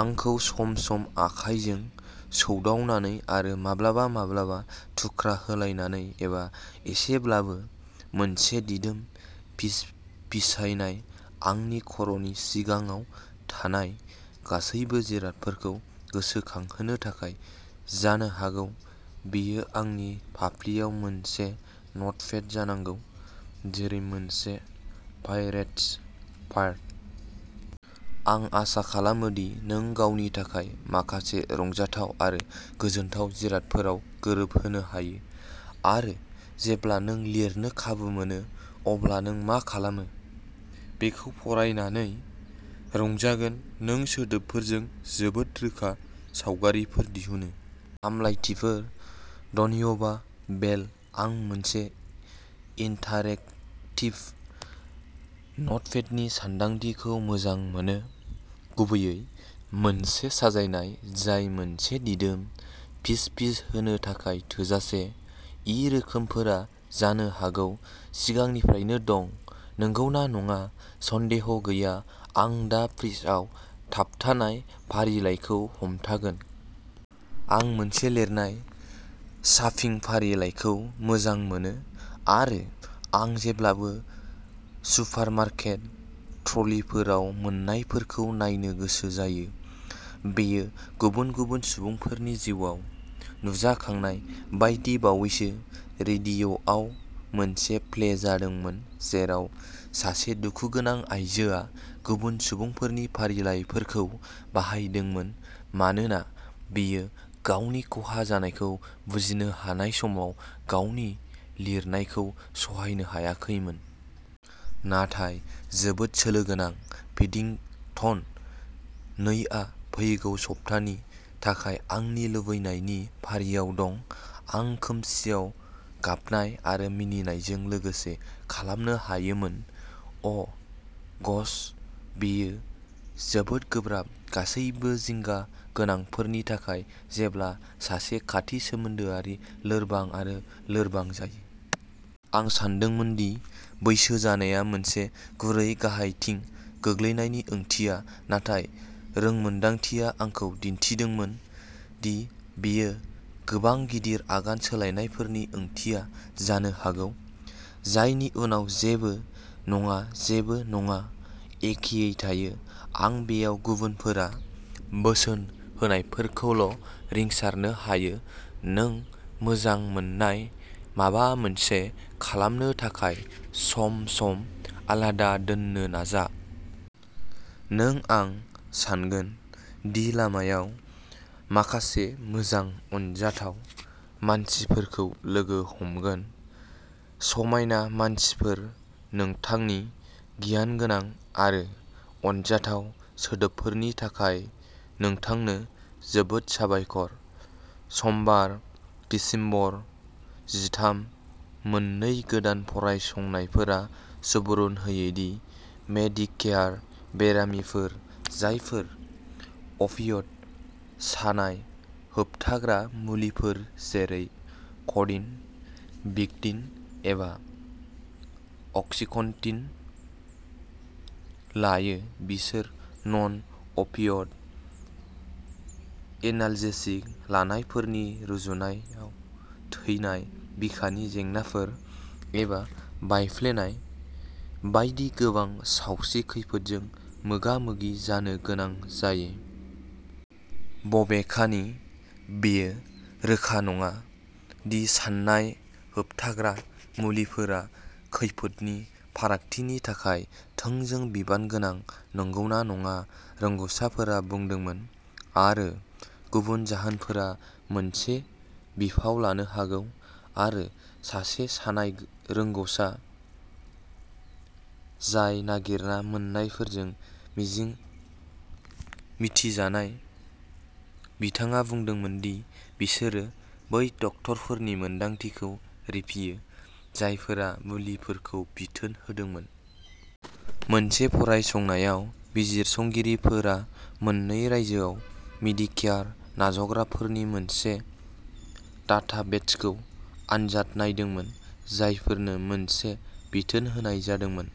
आंखौ सम-सम आखायजों सौदावनानै आरो माब्लाबा-माब्लाबा थुख्रा होलायनानै.. एबा एसेब्लाबो मोनसे दिदोम फिसफिसायनाय, आंनि खर'नि सिगाङाव थानाय गासैबो जिरादफोरखौ गोसोखांहोनो थाखाय... जानो हागौ बेयो आंनि फाफ्लिआव मोनसे नटपेड जानांगौ जेरै मोनसे पाइरेट्स पारट? आं आसा खालामो दि नों गावनि थाखाय माखासे रंजाथाव आरो गोजोनथाव जिरादफोराव गोरोबहोनो हायो आरो जेब्ला नों लिरनो खाबु मोनो अब्ला नों मा खालामो बेखौ फरायनानै रंजागोन। नों सोदोबफोरजों जोबोद रोखा सावगारिफोर दिहुनो। हामलायथिफोर। धन्यबा, भेल। आं मोनसे इन्टारेक्टिभ नटपेडनि सानदांथिखौ मोजां मोनो, गुबैयै मोनसे साजायनाय जाय मोनसे दिदोम फिसफिस होनो थाखाय थोजासे। इ रोखोमफोरा जानो हागौ सिगांनिफ्रायनो दं, नंगौना नङा? सन्देह गैया आं दा फ्रिजआव थाबथानाय फारिलाइखौ हमथागोन। आं मोनसे लिरनाय शपिं फारिलाइखौ मोजां मोनो आरो आं जेब्लाबो सुपारमार्केट ट्रलिफोराव मोन्नायफोरखौ नायनो गोसो जायो। बेयो गुबुन सुबुंफोरनि जिउआव नुजाखांनाय बायदि। बावैसो रेडिअ'आव मोनसे प्ले जादोंमोन, जेराव सासे दुखुगोनां आइजोआ गुबुन सुबुंफोरनि फारिलाइफोरखौ बाहायदोंमोन, मानोना बियो गावनि खहा जानायखौ बुजिनो हानाय समाव गावनि लिरनायखौ सहायनो हायाखैमोन। नाथाय जोबोद सोलो गोनां। पेडिंगटन नै आ फैगौ सप्तानि थाखाय आंनि लुबैनायनि फारियाव दं। आं खोमसिआव गाबनाय आरो मिनिनायजों लोगोसे खालामनो हायोमोन। अ', ग'श, बेयो जोबोद गोब्राब, गासैबो जिंगा गोनांफोरनि थाखाय, जेब्ला सासे खाथि सोमोन्दोआरिआ लोरबां आरो लोरबां जायो। आं सानदोंमोन दि बैसो जानाया मोनसे गुरै गाहायथिं गोग्लैनायनि ओंथिया, नाथाय रोंमोन्दांथिया आंखौ दिन्थिदोंमोन दि बेयो गोबां गिदिर आगान सोलायनायफोरनि ओंथिया जानो हागौ, जायनि उनाव जेबो नङा, जेबो नङा, एखेयै थायो। आं बेयाव गुबुनफोरा बोसोन होनायफोरखौल'रिंसारनो हायो, नों मोजां मोननाय माबा मोनसे खालामनो थाखाय सम-सम आलादा दोननो नाजा। नों आं सान्गोन दि लामायाव माखासे मोजां अनजाथाव मानसिफोरखौ लोगो हमगोन। समायना मानसिफोर-नोंथांनि गियानगोनां आरो अनजाथाव सोदोबफोरनि थाखाय नोंथांनो जोबोद साबायखर। समबार, दिसेम्बर जिथाम, मोननै गोदान फरायसंनायफोरा सुबुरुन होयो दि मेडिकेयार बेरामिफोर जायफोरा अफियइड सानाय होबथाग्रा मुलिफोर जेरै क'डिन, भिक'डिन एबा अक्सिकन्टिन लायो, बिसोर नन-अफियइड एनाल्जेसिक लानायफोरनि रुजुनायाव थैनाय, बिखानि जेंनाफोर एबा बायफ्लेनाय बायदि गोबां सावस्रि खैफोदजों मोगा-मोगि जानो गोनां जायो। बबेखानि, बेयो रोखा नङा दि सानाय होबथाग्रा मुलिफोरा खैफोदनि फारागथिनि थाखाय थोंजों बिबान गोनां नंगौना नङा, रोंगसाफोरा बुंदोंमोन, आरो गुबुन जाहोनफोरा मोनसे बिफाव लानो हागौ। आरो सासे सानाय रोंगसा जाय नागिरना मोन्नायफोरजों मिथिजानाय, बिथाङा बुंदोंमोन दि बिसोरो बै डाक्टारफोरनि मोनदांथिखौ रिफियो जायफोरा मुलिफोरखौ बिथोन होदोंमोन। मोनसे फरायसंनायाव, बिजिरसंगिरिफोरा मोन्नै रायजोआव मेडिकेयार नाजावग्राफोरनि मोनसे डाटाबेसखौ आनजाद नायदोंमोन, जायफोरनो मोनसे बिथोन होनाय जादोंमोन।